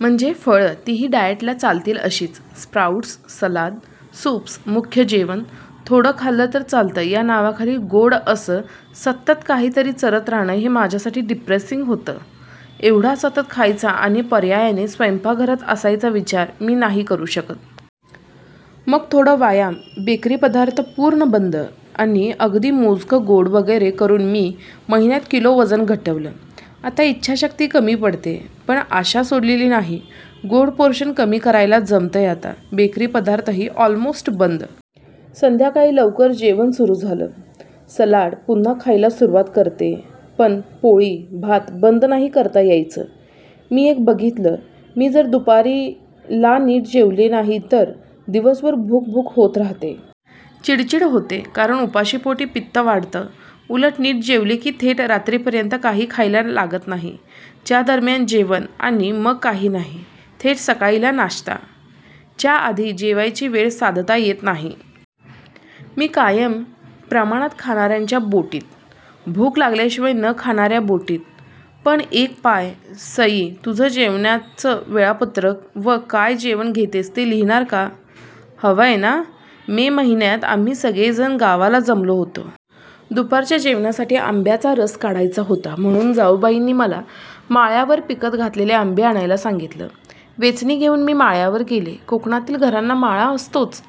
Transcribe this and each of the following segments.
म्हणजे फळं- तीही डाएटला चालतील अशीच, स्प्राऊट्स, सलाद, सूप्स, मुख्य जेवण, थोडं खाल्लं तर चालतं या नावाखाली गोड असं सत्तत्त काहीतरी चरत रहाणं हे माझ्यासाठी डिप्रेसिंग होतं. एवढा सतत खायचा आणि पर्यायाने स्वयंपाकघरात असायचा विचार मी नाही करू शकत. मग थोडा व्यायाम, बेकरी पदार्थ पूर्ण बंद, आणि अगदी मोजकं गोड वगैरे करून मी महिन्यांत किलो वजन घटवलं. आता इच्छाशक्ती कमी पडतेय, पण आशा सोडलेली नाही. गोड पोर्शन कमी करायला जमतंय आता. बेकरी पदार्थही ऑलमोस्ट बंद. संध्याकाळी लवकर जेवण सुरू झालं. सलाड पुन्हा खायला सुरूवात करतेय, पण पोळी/ भात बंद नाही करता यायचं. मी एक बघितलं, मी जर दुपारी ला नीट जेवले नाही तर दिवसभर भूक भूक होत रहाते. चिडचिड होते कारण उपाशीपोटी पित्त वाढतं. उलट नीट जेवले की थेट रात्री पर्यंत काही खायला लागत नाही, च्या दर्म्यान जेवण आणि मग काही नाही. थेट सकाळी ला नाश्ता. च्या आधी जेवायची वेळ साधता येत नाही. मी कायम प्रमाणात खाणार्यांच्या बोटीत. भूक लागल्याशिवाय न खाणार्या बोटीत पण एक पाय. सई, तुझं जेवण्याचं वेळापत्रक व काय जेवण घेतेस ते लिहीणार का? >> हवंय ना? मे महिन्यात आम्ही सगळे जणं गावाला जमलो होतो. दुपारच्या जेवणासाठी आंब्याचा रस काढायचा होता, म्हणून जाउबाईंनी मला माळ्यावर पिकत घातलेले आंबे आणायला सांगितलं. वेचणी घेऊन मी माळ्यावर गेले. कोकणातील घरांना माळा असतोच.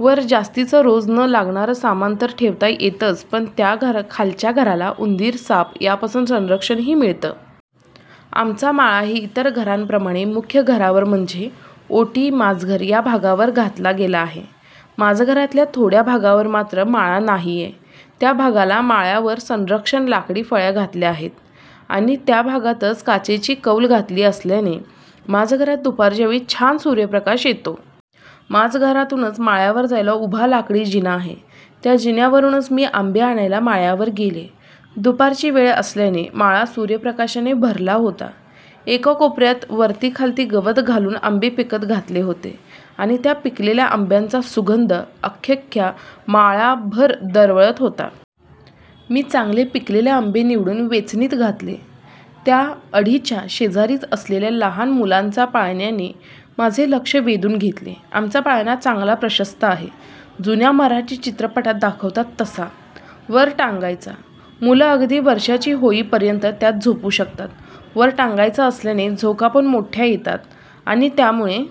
वर जास्तीच रोज न लागणार सामान तर ठेवता येतच पण त्या खालच्या घराला उंदीर, साप यापासून संरक्षण ही मिळतं. आमचा माळा ही इतर घरांप्रमाणे मुख्य घरावर म्हणजे ओटी, माजघर या भागावर घातला गेला आहे. माजघरातल्या थोडया भागावर मात्र माळा नाहीये. त्या भागाला माळ्यावर संरक्षक लाकडी फळ्या घातल्या आहेत. आणि त्या भागातच काचेची कौल घातली असल्याने माजघरात दुपारच्या वेळी छान सूर्यप्रकाश येतो. माजघरातूनच माळ्यावर जायला उभा लाकडी जिना आहे. त्या जिन्यावरूनच मी आंबे आणायला माळ्यावर गेले. दुपारची वेळ असल्याने माळा सुर्यप्रकाशाने भरला होता. एका कोपऱ्यात वरती खालती गवत घालून आंबे पिकत घातले होते आणि त्या पिकलेल्या आंब्यांचा सुगंध अख्यख्या माळाभर दरवळत होता. मी चांगले पिकलेले आंबे निवडून वेचणीत घातले. त्या अढीच्या शेजारीच असलेल्या लहान मुलांचा पाळण्याने माझे लक्ष वेधून घेतले. आमचा पाळणा चांगला प्रशस्त आहे. जुन्या मराठी चित्रपटात दाखवतात तसा. वर टांगायचा. मुलं अगदी वर्षाची होई पर्यंत त्यात झोपू शकतात. वर टांगायचा असल्याने झोका पण मोठया येतात आणि त्यामुळे